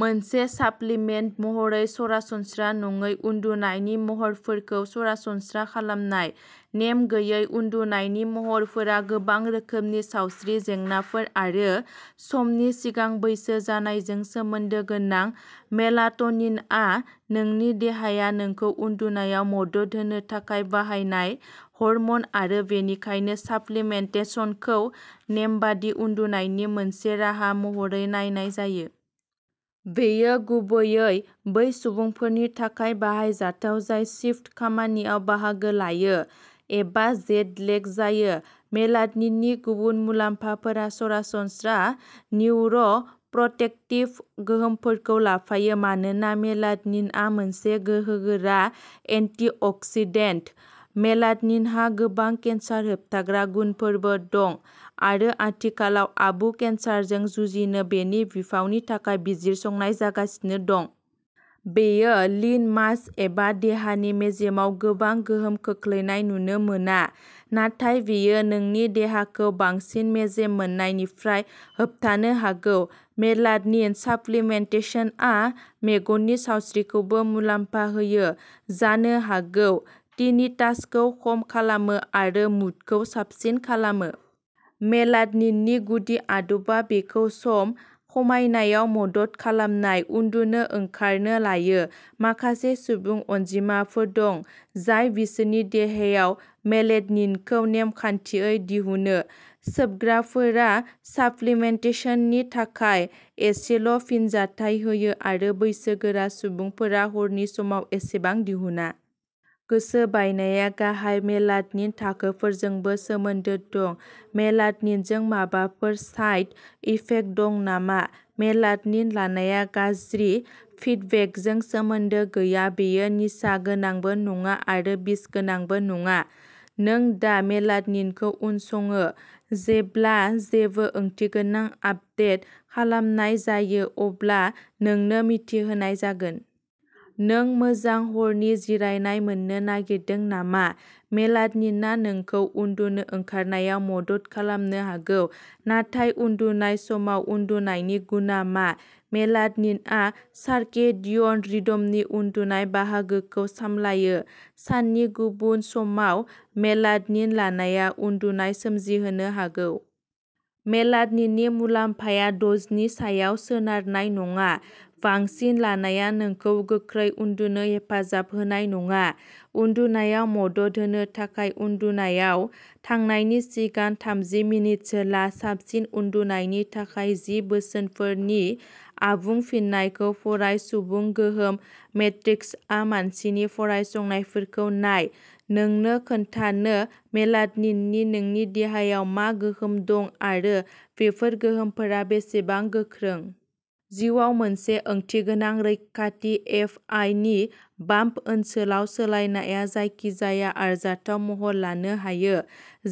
मोनसे साप्लिमेन्ट महरै सरासनस्रा नङै उन्दुनायनि महरफोरखौ सरासनस्रा खालामनाय। नेम गैयै उन्दुनायनि महरफोरा गोबां रोखोमनि सावस्रि जेंनाफोर आरो समनि सिगां बैसो जानायजों सोमोन्दो गोनां। मेलाटनिनआ नोंनि देहाया नोंखौ उन्दुनायाव मदद होनो थाखाय बाहायनाय हर्मन आरो बेनिखायनो साप्लिमेन्टेसनखौ नेमबादि उन्दुनायनि मोनसे राहा महरै नायनाय जायो। बेयो गुबैयै बै सुबुंफोरनि थाखाय बाहायजाथाव जाय शिफ्ट खामानियाव बाहागो लायो एबा जेट लेग जायो। मेलाट'निननि गुबुन मुलाम्फाफोरा सरासनस्रा निउर'प्रटेक्टिभ गोहोमफोरखौ लाफायो मानोना मेलाट'निनआ मोनसे गोहोगोरा एन्टिअक्सिडेन्ट। मेलाट'निनहा गोबां केन्सार होबथाग्रा गुनफोरबो दं आरो आथिखालाव आबु केन्सारजों जुजिनो बेनि बिफावनि थाखाय बिजिरसंनाय जागासिनो दं। बेयो लीन मास एबा देहानि मेजेमाव गोबां गोहोम खोख्लैनाय नुनो मोना नाथाय बेयो नोंनि देहाखौ बांसिन मेजेम मोननायनिफ्राय होबथानो हागौ। मेलाट'निन साप्लिमेन्टेसनआ मेगननि सावस्रिखौबो मुलाम्फा होयो जानो हागौ टिनिटासखौ खम खालामो आरो मुडखौ साबसिन खालामो। मेलाट'निननि गुदि आदबआ बेखौ सम खमायनायाव मदद खालामनाय। उन्दुनो ओंखारनो लायो। माखासे सुबुं अनजिमाफोर दं जाय बिसोरनि देहायाव मेलेटनिनखौ नेमखान्थियै दिहुनो। सोबग्राफोरा साप्लिमेन्टेसननि थाखाय एसेल'फिनजाथाय होयो, आरो बैसोगोरा सुबुंफोरा हरनि समाव एसेबां दिहुना। गोसो बायनाया गाहाय मेलाटनिन थाखोफोरजोंबो सोमोन्दो दं। मेलाटनिनजों माबाफोर साइड इफेक्ट दं नामा? मेलाटनिन लानाया गाज्रि फिडबेकजों सोमोन्दो गैया। बेयो निसा गोनांबो नङा आरो बिसगोनांबो नङा। नों दा मेलाटनिनखौ उनसङो। जेब्ला जेबो ओंथिगोनां आपदेट खालामनाय जायो अब्ला नोंनो मिथि होनाय जागोन। नों मोजां हरनि जिरायनाय मोन्नो नागिरदों नामा? मेलाटनिनआ नोंखौ उन्दुनो ओंखारनायाव मदद खालामनो हागौ, नाथाय उन्दुनाय समाव उन्दुनायनि गुनआ मा? मेलाटनिनआ सार्केडियन रिदमनि उन्दुनाय बाहागोखौ सामलायो। साननि गुबुन समाव मेलाटनिन लानाया उनदुनाय सोमजिहोनो हागौ। मेलाट'निननि मुलाम्फाया द'जनि सायाव सोनारनाय नङा-बांसिन लानाया नोंखौ गोख्रै उन्दुनो हेफाजाब होनाय नङा। उन्दुनायाव मदद होनो थाखाय, उन्दुनायाव थांनायनि सिगां थामजि मिनिटसो ला। साबसिन उन्दुनायनि थाखाय जि बोसोनफोर नि आबुं फिननायखौ फराय सुबुं गोहोम मेट्रिक्सआ मानसिनि फरायसंनायफोरखौ नाय नोंनो खोन्थानो मेलाट'निननि नोंनि देहायाव मा गोहोम दं आरो बेफोर गोहोमफोरा बेसेबां गोख्रों। जिउआव मोनसे ओंथिगोनां रैखाथि एफ आइ जि बाम्प ओनसोलाव सोलायनायआ जायखिजाया आरजाथाव महर लानो हायो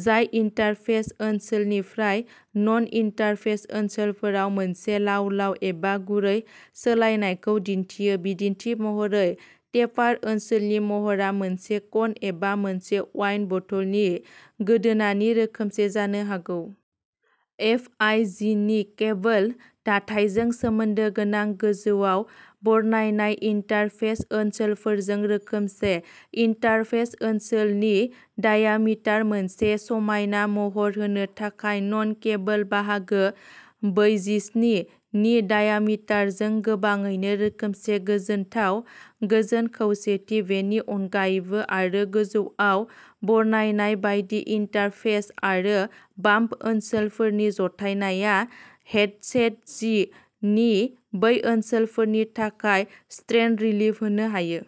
जाय इन्टारफेस ओनसोलनिफ्राय नन इन्टारफेस ओनसोलफोराव मोनसे लाव लाव एबा गुरै सोलायनायखौ दिन्थियो। बिदिन्थि महरै, टेपार ओनसोलनि महरा मोनसे कन एबा मोनसे वाइन बथलनि गोदोनानि रोखोमसे जानो हागौ। एफ आइ जि नि केबोल दाथायजों सोमोन्दो गोनां गोजौआव बरनायनाय इन्टारफेस ओनसोलफोरजों रोखोमसे। इन्टारफेस ओनसोलनि डायामिटारा मोनसे समायना महर होनो थाखाय नन केबोल बाहागो बैजिस्नि नि डायामिटारजों गोबाङैनो रोखोमसे। गोजोनथाव गोजोन खौसेथि। बेनि अनगायैबो आरो गोजौआव बरनायनाय बायदि, इन्टारफेस आरो बाम्प ओनसोलफोरनि जथायनाया हेडसेट जि नि बै ओनसोलफोरनि थाखाय स्ट्रेन रिलिफ होनो हायो।